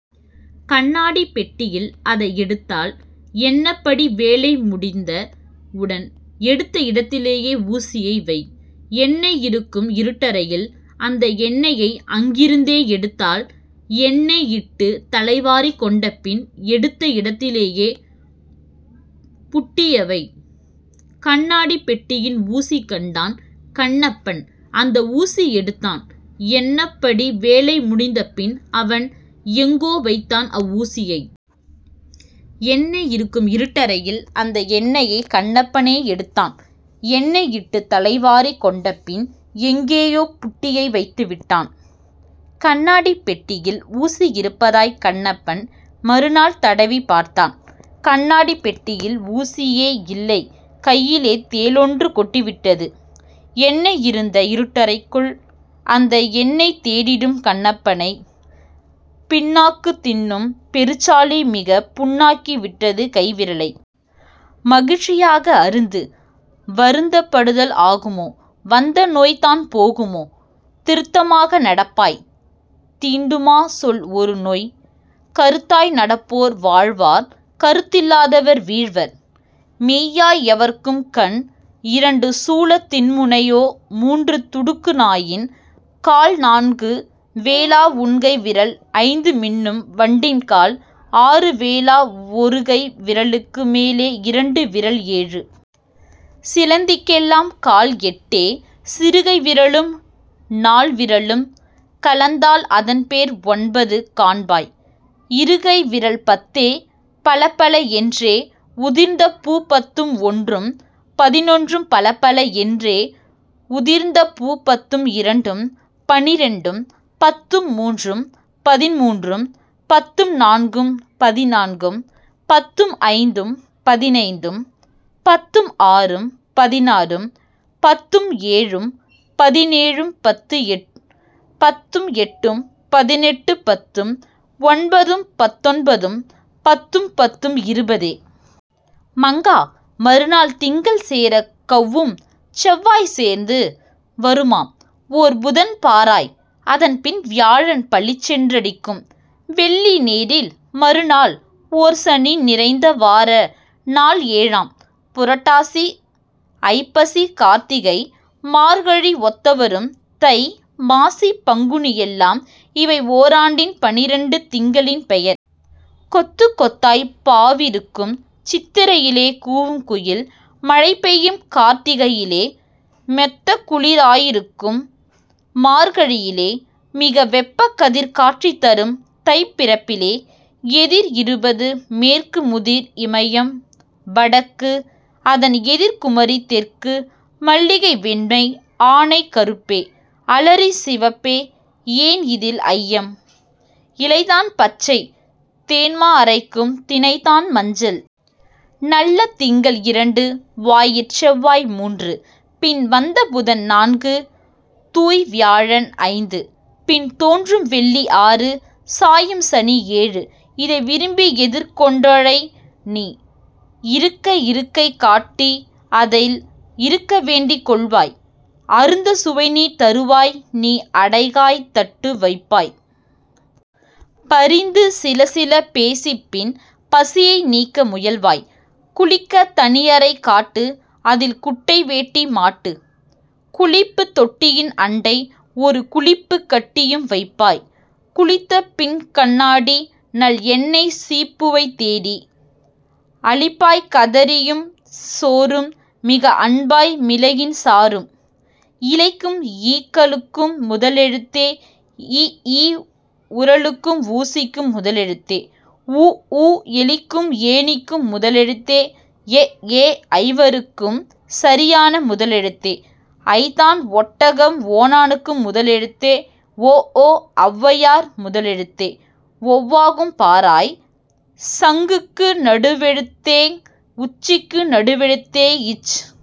கண்ணாடிப் பெட்டியில் அதை எடுத்தால் எண்ணப்படி வேலை முடிந்த உடன்। எடுத்த இடத்திலே ஊசியை வை. எண்ணெய் இருக்கும் இருட்டறையில்-அந்த எண்ணெயை அங்கிருந்தே எடுத்தால் எண்ணெய் இட்டுத் தலைவாரிக் கொண்டபின் எடுத்த இடத்திலே புட்டியைவை. கண்ணாடிப் பெட்டியில் ஊசி கண்டான் கண்ணப்பன் அந்த ஊசி எடுத்தான்; எண்ணப்படி வேலை முடிந்தபின்-அவன் எங்கோ வைத்தான் அவ்வூசியை. எண்ணெய் இருக்கும் இருட்டறையில்-அந்த எண்ணெயைக் கண்ணப்பனே எடுத்தான்; எண்ணெய் இட்டுத் தலைவாரிக் கொண்டபின் எங்கேயோ புட்டியை வைத்துவிட்டான். கண்ணாடிப் பெட்டியில் ஊசி இருப்பதாய்க் கண்ணப்பன் மறுநாள் தடவிப் பார்த்தான்; கண்ணாடிப் பெட்டியில் ஊசியே இல்லை கையிலே தேளொன்று கொட்டிவிட்டது! எண்ணெய் இருந்த இருட்டறைக்குள்-அந்த எண்ணெயைத் தேடிடும் கண்ணப்பனைப் பிண்ணாக்குத் தின்னும் பெருச்சாளி-மிகப் புண்ணாக்கி விட்டது கைவிரலை! மகிழ்ச்சி யாக அருந்து. வருத்தப் படுதல் ஆகுமோ வந்த நோய்தான் போகுமா? திருத்த மாக நடப்பாய் தீண்டுமா சொல் ஒரு நோய்? கருத்தாய் நடப்போர் வாழ்வார் கருத்தில் லாதவர் வீழ்வார். மெய்யாய் எவர்க்கும் கண் இரண்டு சூலத் தின்முனை யோ மூன்று துடுக்கு நாயின் கால் நான்கு வேலா உன்கை விரல் ஐந்து மின்னும் வண்டின் கால் ஆறு வேலா ஒருகை விர லுக்கு மேலே இரண்டு விரல் ஏழு. சிலந்திக் கெல்லாம் கால் எட்டே சிறுகை விரலும் நால் விரலும் கலந்தால் அதன்பேர் ஒன்பது காண்பாய் இருகை விரல் பத்தே பலபல என்றே உதிர்ந்த பூ பத்தும் ஒன்றும் பதினொன்று பலபல என்றே உதிர்ந்த பூ பத்தும் இரண்டும் பனிரண்டு. பத்தும் மூன்றும் பதின்மூன்று பத்தும் நான்கும் பதினான்கு பத்தும் ஐந்தும் பதினைந்து பத்தும் ஆறும் பதினாறு பத்தும் ஏழும் பதினேழு பத்தும் எட்டும் பதினெட்டு பத்தும் ஒன்பதும் பத்தொன்பது பத்தும் பத்தும் இருபதே. மங்கா மறுநாள் திங்கள் சேரக் கௌவும் செவ்வாய் சேர்ந்து வருமாம் ஓர் புதன் பாராய் அதன்பின் வியாழன் பளிச்சென் றடிக்கும் வெள்ளி நேரில் மறுநாள் ஓர்சனி நிறைந்த வார நாள் ஏழாம். புரட்டாசி ஐப்பசிகார்த் திகைமார்கழி ஒத்துவரும் தைமாசி பங்குனிஎல்லாம்-இவை ஓராண்டின் பனிரண்டு திங்களின் பெயர். கொத்துக் கொத்தாய்ப் பாவிருக்கும் சித்திரையிலே கூவும்குயில் மழை பெய்யும் கார்த்திகையிலே மெத்தக்குளி ராயிருக்கும் மார்கழியிலே-மிக வெப்பக்கதிர் காட்சிதரும் தைப்பிறப்பிலே. எதிர் இருப்பது மேற்கு முதிர் இமையம் வடக்கு-அதன் எதிர் குமரி தெற்கு. மல்லிகை வெண்மை ஆனை கறுப்பே அலரி சிவப்பே ஏன் இதில் ஐயம்? இலைதான் பச்சை தேன்மா அரைக்கும் தினைதான் மஞ்சள். நல்ல திங்கள் இரண்டு வாயிற் செவ்வாய் மூன்று-பின் வந்த புதன் நான்கு தூய்வி யாழன் ஐந்து-பின் தோன்றும் வெள்ளி ஆறு சாயும்சனி ஏழு-இதைத் விரும்பி எதிர் கொண் டழைநீ. இருக்க இருக்கை காட்டி-அதில் இருக்க வேண்டிக் கொள்வாய். அருந்தச் சுவைநீர் தருவாய்-நீ அடைகாய்த் தட்டும் வைப்பாய். பரிந்து சிலசில பேசிப்-பின் பசியை நீக்க முயல்வாய். குளிக்கத் தனியறை காட்டு-அதில் குட்டை வேட்டி மாட்டு. குளிப்புத் தொட்டியின் அண்டை-ஒரு குளிப்புக் கட்டியும் வைப்பாய். குளித்த பின்கண்ணாடி-நல் எண்ணெய் சீப்புவை தேடி. அளிப்பாய் கறியும் சோறும்-மிக அன்பாய் மிளகின் சாறும். இலைக்கும் ஈக்களுக்கும் முதலெழுத்தே இ ஈ உரலுக்கும் ஊசிக்கும் முதலெழுத்தே உ ஊ எலிக்கும் ஏணிக்கும் முதலெழுத்தே எ ஏ ஐவருக்குச் சரியான முதலெழுத்தே ஐ தான் ஒட்டகம் ஓணானுக்கு முதலெழுத்தே ஒ ஓ ஒளவையார் முதலெழுத்தே ஒளவாகும் பாராய். சங்குக்கு நடுவெழுத்தே ங் உச்சிக்கு நடுவெழுத்தே ச்